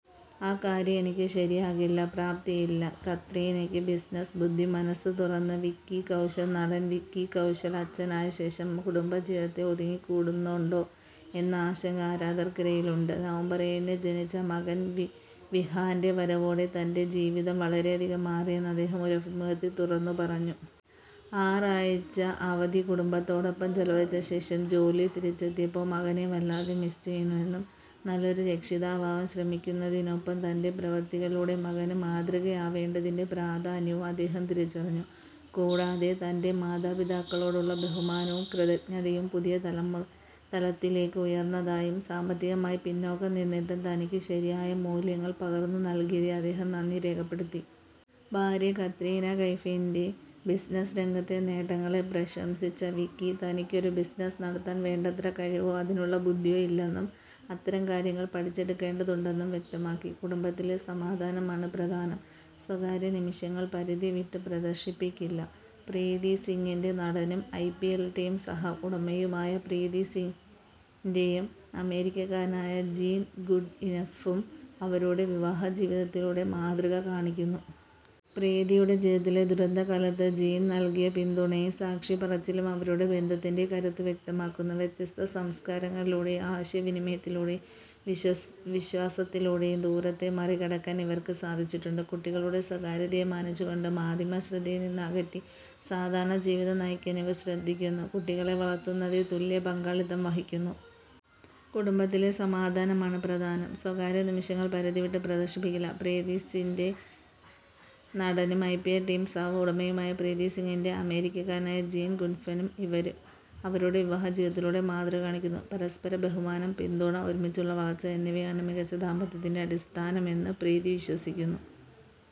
ആ കാര്യം എനിക്ക് ശരിയാകില്ല, പ്രാപ്തിയില്ല; കത്രീനയ്ക്ക് ബിസിനസ്സ് ബുദ്ധി: മനസ്സു തുറന്ന് വിക്കി കൗശൽ നടൻ വിക്കി കൗശൽ അച്ഛനായ ശേഷം കുടുംബ ജീവിതത്തിൽ ഒതുങ്ങിക്കൂടുന്നുണ്ടോ എന്ന ആശങ്ക ആരാധകർക്കിടയിലുണ്ട്, നവംബർ ഏഴിന് ജനിച്ച മകൻ വിഹാൻ്റെ വരവോടെ തൻ്റെ ജീവിതം വളരെയധികം മാറിയെന്ന് അദ്ദേഹം ഒരു അഭിമുഖത്തിൽ തുറന്നുപറഞ്ഞു. ആറാഴ്ചത്തെ അവധി കുടുംബത്തോടൊപ്പം ചെലവഴിച്ച ശേഷം ജോലിയിൽ തിരിച്ചെത്തിയപ്പോൾ മകനെ വല്ലാതെ മിസ്സ് ചെയ്യുന്നുവെന്നും, നല്ലൊരു രക്ഷിതാവാകാൻ ശ്രമിക്കുന്നതിനൊപ്പം തൻ്റെ പ്രവൃത്തികളിലൂടെ മകന് മാതൃകയാവേണ്ടതിൻ്റെ പ്രാധാന്യവും അദ്ദേഹം തിരിച്ചറിഞ്ഞു. കൂടാതെ, തൻ്റെ മാതാപിതാക്കളോടുള്ള ബഹുമാനവും കൃതജ്ഞതയും പുതിയ തലത്തിലേക്ക് ഉയർന്നതായും, സാമ്പത്തികമായി പിന്നോക്കം നിന്നിട്ടും തനിക്ക് ശരിയായ മൂല്യങ്ങൾ പകർന്നുനൽകിയതിൽ അദ്ദേഹം നന്ദി രേഖപ്പെടുത്തി. ഭാര്യ കത്രീന കൈഫിൻ്റെ ബിസിനസ്സ് രംഗത്തെ നേട്ടങ്ങളെ പ്രശംസിച്ച വിക്കി, തനിക്കൊരു ബിസിനസ്സ് നടത്താൻ വേണ്ടത്ര കഴിവോ അതിനുള്ള ബുദ്ധിയോ ഇല്ലെന്നും, അത്തരം കാര്യങ്ങൾ പഠിച്ചെടുക്കേണ്ടതുണ്ടെന്നും വ്യക്തമാക്കി. കുടുംബത്തിലെ സമാധാനമാണ് പ്രധാനം; സ്വകാര്യനിമിഷങ്ങൾ പരിധിവിട്ട് പ്രദർശിപ്പിക്കില്ല: പ്രീതി സിന്റ നടനും ഐപിഎൽ ടീം സഹ ഉടമയുമായ പ്രീതി സിന്റയും അമേരിക്കക്കാരനായ ജീൻ ഗുഡ്ഇനഫും അവരുടെ വിവാഹ ജീവിതത്തിലൂടെ മാതൃക കാണിക്കുന്നു. പ്രീതിയുടെ ജീവിതത്തിലെ ദുരിതകാലത്ത് ജീൻ നൽകിയ പിന്തുണയും സാക്ഷിപറച്ചിലും അവരുടെ ബന്ധത്തിന്റെ കരുത്ത് വ്യക്തമാക്കുന്നു. വ്യത്യസ്ത സംസ്കാരങ്ങൾക്കിടയിലും ആശയവിനിമയത്തിലൂടെയും വിശ്വാസത്തിലൂടെയും ദൂരത്തെ മറികടക്കാൻ ഇവർക്ക് സാധിച്ചിട്ടുണ്ട്. കുട്ടികളുടെ സ്വകാര്യതയെ മാനിച്ചുകൊണ്ട്, മാധ്യമ ശ്രദ്ധയിൽ നിന്ന് അകറ്റി സാധാരണ ജീവിതം നയിക്കാൻ ഇവർ ശ്രദ്ധിക്കുന്നു, കുട്ടികളെ വളർത്തുന്നതിൽ തുല്യ പങ്കാളിത്തം വഹിക്കുന്നു. കുടുംബത്തിലെ സമാധാനമാണ് പ്രധാനം; സ്വകാര്യനിമിഷങ്ങൾ പരിധിവിട്ട് പ്രദർശിപ്പിക്കില്ല: പ്രീതി സിന്റ നടനും ഐപിഎൽ ടീം സഹ ഉടമയുമായ പ്രീതി സിന്റയും അമേരിക്കക്കാരനായ ജീൻ ഗുഡ്ഇനഫും അവരുടെ വിവാഹ ജീവിതത്തിലൂടെ മാതൃക കാണിക്കുന്നു. പരസ്പര ബഹുമാനം, പിന്തുണ, ഒരുമിച്ചുള്ള വളർച്ച എന്നിവയാണ് മികച്ച ദാമ്പത്യത്തിന്റെ അടിസ്ഥാനമെന്ന് പ്രീതി വിശ്വസിക്കുന്നു.